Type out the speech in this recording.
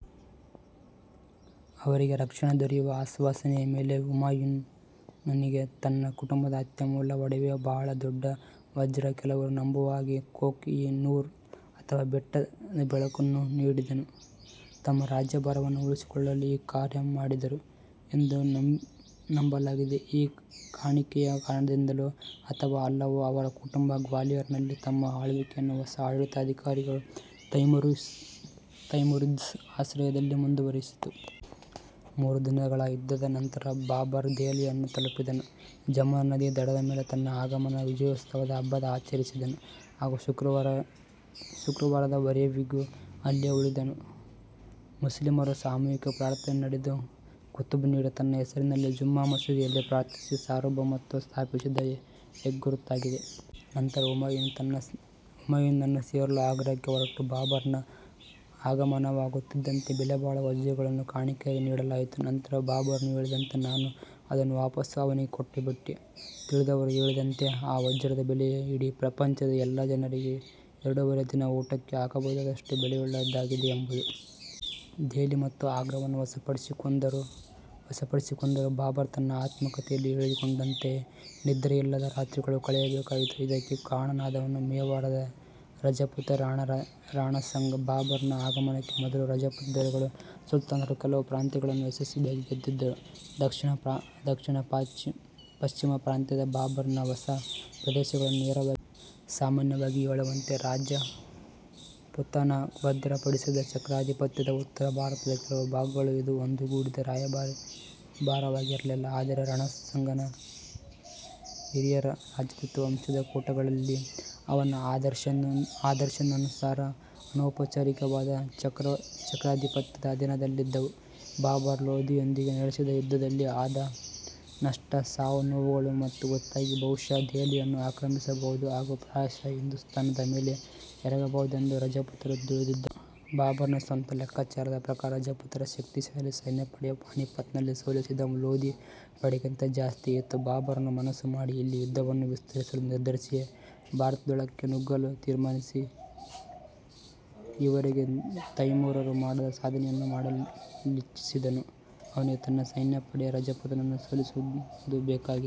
ಅವರಿಗೆ ರಕ್ಷಣೆ ದೊರೆಯುವ ಆಶ್ವಾಸನೆಯ ಮೇಲೆ, ಹುಮಾಯುನ್ ನಿಗೆ, ತನ್ನ ಕುಟುಂಬದ ಅತ್ಯಮೂಲ್ಯ ಒಡವೆ, ಬಹಳ ದೊಡ್ಡ ವಜ್ರ, ಕೆಲವರು ನಂಬುವ ಹಾಗೆ ಕೊಹ್ -ಇ -ನೂರ್ ಅಥವಾ "ಬೆಟ್ಟದ ಬೆಳಕು 'ನ್ನು ನೀಡಿದರು. ತಮ್ಮ ರಾಜ್ಯಭಾರವನ್ನು ಉಳಿಸಿಕೊಳ್ಳಲು ಈ ಕಾರ್ಯ ಮಾಡಿದರು ಎಂದು ನಂಬಲಾಗಿದೆ. ಈ ಕಾಣಿಕೆಯ ಕಾರಣದಿಂದಲೋ ಅಥವಾ ಅಲ್ಲವೋ, ಅವರ ಕುಟುಂಬ ಗ್ವಾಲಿಯರ್ ನಲ್ಲಿ, ತಮ್ಮ ಆಳ್ವಿಕೆಯನ್ನು ಹೊಸ ಆಡಳಿತಾಧಿಕಾರಿ ತೈಮುರಿದ್ಸ್ ಆಶ್ರಯದಲ್ಲಿ ಮುಂದುವರಿಸಿತು. ಮೂರು ದಿನಗಳ ಯುದ್ಧದ ನಂತರ ಬಾಬರ್, ದೆಹಲಿಯನ್ನು ತಲುಪಿದನು. ಜಮುನಾ ನದಿ ಯ ದಡದ ಮೇಲೆ ತನ್ನ ಆಗಮನದ ವಿಜಯೋತ್ಸವದ ಹಬ್ಬವನ್ನು ಆಚರಿಸಿದನು. ಹಾಗೂ ಶುಕ್ರವಾರದ ವರೆವಿಗೂ ಅಲ್ಲೇ ಉಳಿದನು, ಮುಸ್ಲಿಮರ ಸಾಮೂಹಿಕ ಪ್ರಾರ್ಥನೆ ನಡೆದು, ಖುತ್ಬ ನೀಡಿ, ತನ್ನ ಹೆಸರಿನಲ್ಲಿ ಜುಮ್ಮಾ ಮಸೀದಿ ಯಲ್ಲಿ ಪ್ರಾರ್ಥಿಸಿ, ಸಾರ್ವಭೌಮತ್ವವನ್ನು ಸ್ಥಾಪಿಸಿದ ಹೆಗ್ಗುರುತಾಗಿದೆ. ನಂತರ ಹುಮಾಯುನ್ ನನ್ನು ಸೇರಲು ಆಗ್ರಾಕ್ಕೆ ಹೊರಟನು. ಬಾಬರ್ ನ ಆಗಮನವಾಗುತ್ತಿದ್ದಂತೆ, ಬೆಲೆ ಬಾಳುವ ವಜ್ರಗಳನ್ನು ಕಾಣಿಕೆಯಾಗಿ ನೀಡಲಾಯಿತು, ನಂತರ ಬಾಬರನು ಹೇಳಿದಂತೆ,"ನಾನು ಅದನ್ನು ವಾಪಸ್ಸು ಅವನಿಗೆ ಕೊಟ್ಟುಬಿಟ್ಟೆ. " ತಿಳಿದವರು ಹೇಳಿದಂತೆ ಆ ವಜ್ರದ ಬೆಲೆಯೇ " ಇಡೀ ಪ್ರಪಂಚದ ಎಲ್ಲಾ ಜನರಿಗೆ ಎರಡೂವರೆ ದಿನ ಊಟಕ್ಕೆ ಹಾಕಬಹುದಾದಷ್ಟು ಬೆಲೆಯುಳ್ಳದ್ದಾಗಿದೆ "ಎಂಬುದು. ದೆಹಲಿ ಮತ್ತು ಆಗ್ರಾವನ್ನು ವಶಪಡಿಸಿಕೊಂದರೂ, ಬಾಬರ್ ತನ್ನ ಆತ್ಮ ಕಥೆಯಲ್ಲಿ ಹೇಳಿಕೊಂಡಂತೆ ನಿದ್ರೆಯಿಲ್ಲದ ರಾತ್ರಿಗಳನ್ನು ಕಳೆಯಬೇಕಾಯಿತು. ಇದಕ್ಕೆ ಕಾರಣನಾದವನು ಮೇವಾರ್ ದ ರಜಪೂತ ರಾಜ ರಣ ಸಂಗ. ಬಾಬರ್ ನ ಆಗಮನಕ್ಕೆ ಮೊದಲು; ರಜಪೂತ ದೊರೆಗಳು, ಸುಲ್ತಾನರ ಕೆಲವು ಪ್ರಾಂತ್ಯಗಳನ್ನು ಯಶಸ್ವಿಯಾಗಿ ಗೆದ್ದಿದ್ದರು. ದಕ್ಷಿಣ -ಪಶ್ಚಿಮ ಪ್ರಾಂತ್ಯದ ಬಾಬರ್ ನ ಹೊಸ ಪ್ರದೇಶಗಳನ್ನು ನೇರವಾಗಿ ಆಳಿದ್ದರು. ಸಾಮಾನ್ಯವಾಗಿ ಹೇಳುವಂತೆ, ರಾಜಪುತಾನಭದ್ರಪಡಿಸಿದ ಚಕ್ರಾಧಿಪತ್ಯದ ಉತ್ತರ ಭಾರತದ ಕೆಲವು ಭಾಗಗಳು. ಇದು ಒಂದುಗೂಡಿದ ರಾಜ್ಯಭಾರವಾಗಿರಲಿಲ್ಲ, ಆದರೆ ರಣಸಂಗನ ಹಿರಿಯ ರಾಜದೂತ ವಂಶದ ಕೂಟಗಳಲ್ಲಿ ಅವನ ಆದರ್ಶಾನುಸಾರ, ಅನೌಪಚಾರಿಕವಾದ ಚಕ್ರಾಧಿಪತ್ಯದ ಅಧೀನದಲ್ಲಿದ್ದವು. ಬಾಬರ್ ಲೋದಿಯೊಂದಿಗೆ ನಡೆಸಿದ ಯುದ್ಧದಲ್ಲಿ ಆದ ನಷ್ಟ, ಸಾವು-ನೋವುಗಳು ಗೊತ್ತಾಗಿ, ಬಹುಶಃ ದೆಹಲಿಯನ್ನು ಆಕ್ರಮಿಸಬಹುದು ಹಾಗು ಪ್ರಾಯಶಃ ಹಿಂದುಸ್ತಾನ್ ದ ಮೇಲೆ, ಎರಗಬಹುದೆಂದು ರಜಪೂತರು ತಿಳಿದಿದ್ದರು. ಬಾಬರ್ ನ ಸ್ವಂತ ಲೆಕ್ಕಾಚಾರದ ಪ್ರಕಾರ ರಜಪೂತರ ಶಕ್ತಿಶಾಲಿ ಸೈನ್ಯ ಪಡೆ, ಪಾಣಿಪಟ್ ನಲ್ಲಿ ಸೋಲಿಸಿದ ಲೋದಿ ಪಡೆಗಿಂತ ಜಾಸ್ತಿಯೇ ಇತ್ತು.. ಬಾಬರನು ಮನಸ್ಸು ಮಾಡಿ ಇಲ್ಲಿ ಯುದ್ಧವನ್ನು ವಿಸ್ತರಿಸಲು ನಿರ್ಧರಿಸಿ, ಭಾರತದೊಳಕ್ಕೆ ನುಗ್ಗಲು ತೀರ್ಮಾನಿಸಿ, ಈವರೆವಿಗೂ ತೈಮೂರರು ಮಾಡದ ಸಾಧನೆಯನ್ನು ಮಾಡಲಿಚ್ಚಿಸಿದನು. ಅವನಿಗೆ ತನ್ನ ಸೈನ್ಯ ಪಡೆ ರಜಪೂತರನ್ನು ಸೋಲಿಸುವುದು ಬೇಕಾಗಿತ್ತು.